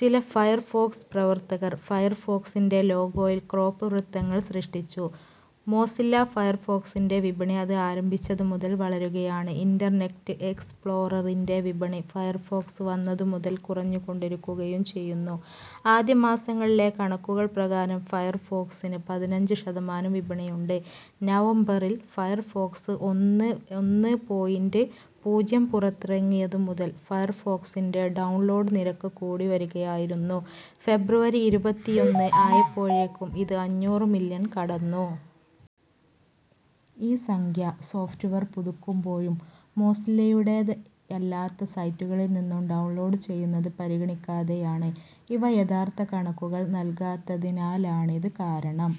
ചില ഫയർഫോക്സ് പ്രവർത്തകർ ഫയർഫോക്സ് ലോഗോയിൽ ക്രോപ്പ് വൃത്തങ്ങൾ സൃഷ്ടിച്ചു. മോസില്ല ഫയർഫോക്സിൻ്റെ വിപണി അത് ആരംഭിച്ചത് മുതൽ വളരുകയാണ്. ഇൻ്റർനെറ്റ് എക്സ്പ്ലോററിൻ്റെ വിപണി ഫയർഫോക്സ് വന്നതു മുതൽ കുറഞ്ഞുകൊണ്ടിരിക്കുകയും ചെയ്യുന്നു. ആദ്യമാസങ്ങളിലെ കണക്കുകൾ പ്രകാരം ഫയർഫോക്സിന് പതിനഞ്ച് ശതമാനം വിപണിയുണ്ട്. നവംബറിൽ ഫയർഫോക്സ് ഒന്ന് പോയിൻ്റ് പൂജ്യം പുറത്തിറങ്ങിയതു മുതൽ ഫയർഫോക്സിൻ്റെ ഡൗൺലോഡ് നിരക്ക് കൂടി വരികയായിരുന്നു, ഫെബ്രുവരി ഇരുപത്തിയൊന്ന് ആയപ്പോഴേക്കും ഇത് അഞ്ഞൂറ് മില്യൺ കടന്നു. ഈ സംഖ്യ സോഫ്റ്റ്‌വെയർ പുതുക്കുമ്പോഴും, മോസില്ലയുടെയല്ലാത്ത സൈറ്റുകളിൽ നിന്നും ഡൗൺലോഡ് ചെയ്യുന്നത് പരിഗണിക്കാതെയാണ്. ഇവ യഥാർത്ഥ കണക്കുകൾ നൽകാത്തതിനാലാണിത്, കാരണം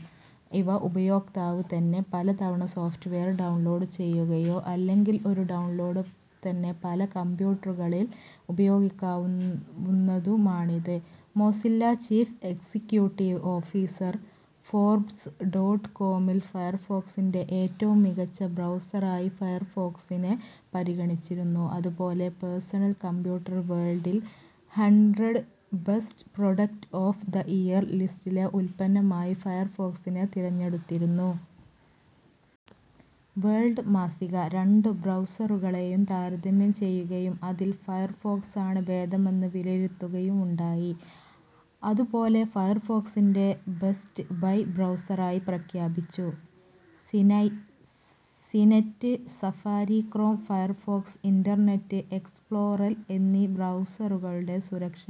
ഒരു ഉപയോക്താവ് തന്നെ പലതവണ സോഫ്റ്റ്‌വെയർ ഡൗൺലോഡ് ചെയ്യുകയോ അല്ലെങ്കിൽ ഒരു ഡൗൺലോഡ് തന്നെ പല കമ്പ്യൂട്ടറുകളിൽ ഉപയോഗിക്കാവുന്നതുമാണിത്. Mozilla chief executive officer Forbes dot കോമിൽ ഫയർഫോക്സിൻ്റെ ഏറ്റവും മികച്ച ബ്രൗസറായി ഫയർഫോക്സിനെ പരിഗണിച്ചിരുന്നു, അതുപോലെ പേഴ്സണൽ കമ്പ്യൂട്ടർ വേൾഡിൽ "hundred best product of the year" ലിസ്റ്റിലെ ഉൽപ്പന്നം ആയി ഫയർഫോക്സിനെ തിരഞ്ഞെടുത്തിരുന്നു. വേൾഡ് മാസിക രണ്ടു ബ്രൗസറുകളെയും താരതമ്യം ചെയ്യുകയും അതിൽ ഫയർഫോക്സ് ആണ് ഭേദമെന്നും വിലയിരുത്തുകയുണ്ടായി. അതുപോലെ ഫയർഫോക്സിനെ ബെസ്റ്റ് ബൈ ബ്രൗസറായി പ്രഖ്യാപിച്ചു. CNET Safari, Chrome, Firefox, Internet Explorer എന്നീ ബ്രൗസറുകളുടെ സുരക്ഷ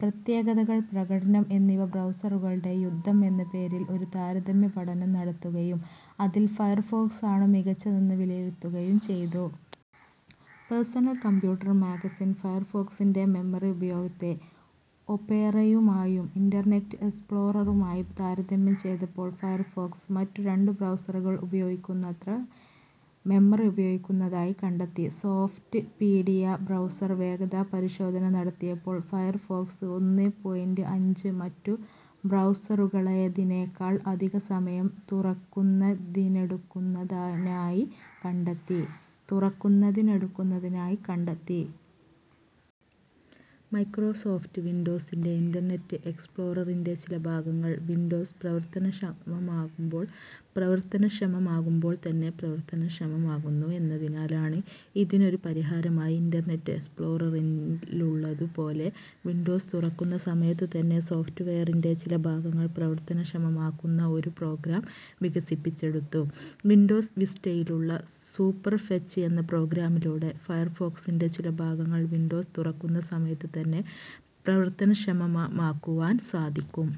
പ്രത്യേകതകൾ പ്രകടനം എന്നിവയിൽ ബ്രൗസറുകളുടെ യുദ്ധം എന്ന പേരിൽ ഒരു താരതമ്യപഠനം നടത്തുകയും അതിൽ ഫയർഫോക്സ് ആണു മികച്ചതെന്നു വിലയിരുത്തുകയും ചെയ്തു. പേഴ്സണൽ കമ്പ്യൂട്ടർ മാഗസിൻ ഫയർഫോക്സിൻ്റെ മെമ്മറി ഉപയോഗത്തെ ഒപേറയുമായും ഇൻ്റർനെറ്റ് എക്സ്പ്ലോററുമായി താരതമ്യം ചെയ്തപ്പോൾ ഫയർഫോക്സ് മറ്റു രണ്ടു ബ്രൗസറുകൾ ഉപയോഗിക്കുന്നത്ര മെമ്മറി ഉപയോഗിക്കുന്നതായി കണ്ടെത്തി. സോഫ്റ്റ്പീഡിയ ബ്രൗസർ വേഗതാ പരിശോധന നടത്തിയപ്പോൾ ഫയർഫോക്സ് ഒന്ന് പോയിൻ്റ് അഞ്ച് മറ്റു ബ്രൗസറുകളേതിനേക്കാൾ അധികം സമയം തുറക്കുന്നതിനെടുക്കുന്നതിനായി കണ്ടെത്തി. മൈക്രോസോഫ്റ്റ് വിൻഡോസിൽ ഇൻ്റർനെറ്റ് എക്സ്പ്ലോററിൻ്റെ ചില ഭാഗങ്ങൾ വിൻഡോസ് പ്രവർത്തനക്ഷമമാകുമ്പോൾ തന്നെ പ്രവർത്തനക്ഷമമാകുന്നു എന്നതിനാലാണിത്. ഇതിനൊരു പരിഹാരമായി ഇൻ്റർനെറ്റ് എക്സ്പ്ലോററിലുള്ളതു പോലെ, വിൻഡോസ് തുറക്കുന്ന സമയത്തു തന്നെ സോഫ്റ്റ്‌വെയറിൻ്റെ ചില ഭാഗങ്ങൾ പ്രവർത്തനക്ഷമമാക്കുന്ന ഒരു പ്രോഗ്രാം വികസിപ്പിച്ചെടുത്തു. വിൻഡോസ് വിസ്റ്റയിലുള്ള സൂപ്പർഫെച്ച് എന്ന പ്രോഗ്രാമിലൂടെ ഫയർഫോക്സിൻ്റെ ചില ഭാഗങ്ങൾ വിൻഡോസ് തുറക്കുന്ന സമയത്ത് തന്നെ പ്രവർത്തനക്ഷമമാക്കുവാൻ സാധിക്കും.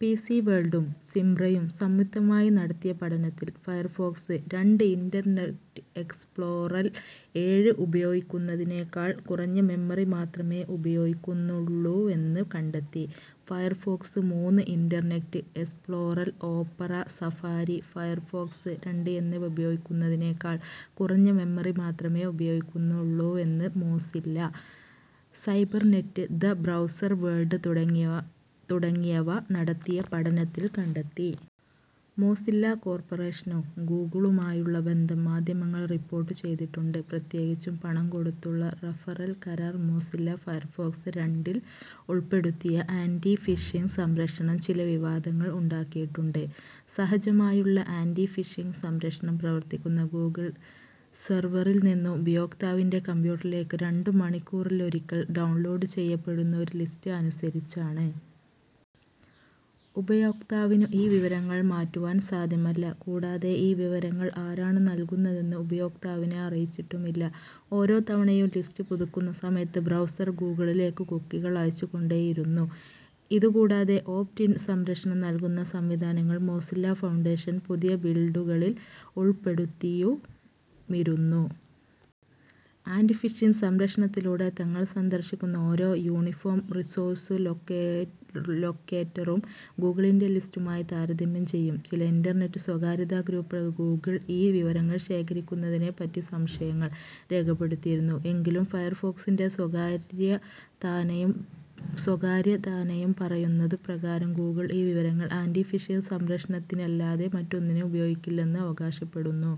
പി. സി. വേൾഡും സിംബ്രയും സംയുക്തമായി നടത്തിയ പഠനത്തിൽ ഫയർഫോക്സ് രണ്ട്, ഇൻ്റർനെറ്റ് എക്സ്പ്ലൊറർ ഏഴ് ഉപയോഗിക്കുന്നതിനേക്കാൾ കുറഞ്ഞ മെമ്മറി മാത്രമേ ഉപയോഗിക്കുന്നുള്ളൂവെന്ന് കണ്ടെത്തി. ഫയർഫോക്സ് മൂന്ന് Internet Explorer, Opera, Safari, Firefox രണ്ട് എന്നിവ ഉപയോഗിക്കുന്നതിനേക്കാൾ കുറഞ്ഞ മെമ്മറി മാത്രമേ ഉപയോഗിക്കുന്നുള്ളുവെന്ന് Mozilla, Cybernet, the Browser World തുടങ്ങിയവ നടത്തിയ പഠനത്തിൽ കണ്ടെത്തി. മോസില്ല കോർപ്പറേഷനും ഗൂഗിളുമായുള്ള ബന്ധം മാധ്യമങ്ങൾ റിപ്പോർട്ട് ചെയ്തിട്ടുണ്ട്, പ്രത്യേകിച്ചും പണം കൊടുത്തുള്ള റഫറൽ കരാർ. മോസില്ല ഫയർഫോക്സ് രണ്ടിൽ ഉൾപ്പെടുത്തിയ ആൻ്റി ഫിഷിങ്ങ് സംരക്ഷണം ചില വിവാദങ്ങൾ ഉണ്ടാക്കിയിട്ടുണ്ട്.: സഹജമായുള്ള ആൻ്റി ഫിഷിങ്ങ് സംരക്ഷണം പ്രവർത്തിക്കുന്ന ഗൂഗിൾ സെർവറിൽ നിന്നും ഉപയോക്താവിന്റെ കമ്പ്യൂട്ടറിലേക്ക് രണ്ടു മണിക്കൂറിലൊരിക്കൽ ഡൗൺലോഡ് ചെയ്യപ്പെടുന്ന ഒരു ലിസ്റ്റ് അനുസരിച്ചാണ്. ഉപയോക്താവിനു ഈ വിവരങ്ങൾ മാറ്റുവാൻ സാദ്ധ്യമല്ല, കൂടാതെ ഈ വിവരങ്ങൾ ആരാണു നൽകുന്നതെന്ന് ഉപയോക്താവിനെ അറിയിച്ചിട്ടുമില്ല. ഓരോ തവണയും ലിസ്റ്റ് പുതുക്കുന്ന സമയത്ത് ബ്രൗസർ ഗൂഗിളിലേക്ക് കുക്കികൾ അയച്ചു കൊണ്ടേയിരുന്നു. ഇതു കൂടാതെ, ഓപ്റ്റ് -ഇൻ സംരക്ഷണം നൽകുന്ന സംവിധാനങ്ങൾ മോസില്ല ഫൗണ്ടേഷൻ പുതിയ ബിൽഡുകളിൽ ഉൾപ്പെടുത്തിയുമിരുന്നു. ആൻ്റി ഫിഷിങ്ങ് സംരക്ഷണത്തിലൂടെ, തങ്ങൾ സന്ദർശിക്കുന്ന ഓരോ യൂണിഫോം റിസോഴ്‌സ് ലൊക്കേറ്ററും ഗൂഗിളിൻ്റെ ലിസ്റ്റുമായി താരതമ്യം ചെയ്യും. ചില ഇൻ്റർനെറ്റ് സ്വകാര്യതാ ഗ്രൂപ്പുകൾ ഗൂഗിൾ ഈ വിവരങ്ങൾ ശേഖരിക്കുന്നതിനെ പറ്റി സംശയങ്ങൾ രേഖപ്പെടുത്തിയിരുന്നു, എങ്കിലും ഫയർഫോക്സിൻ്റെ സ്വകാര്യതാ നയം പറയുന്നതു പ്രകാരം ഗൂഗിൾ ഈ വിവരങ്ങൾ ആൻ്റി ഫിഷിങ്ങ് സംരക്ഷണത്തിനല്ലാതെ മറ്റൊന്നിനും ഉപയോഗിക്കില്ലെന്ന് അവകാശപ്പെടുന്നു.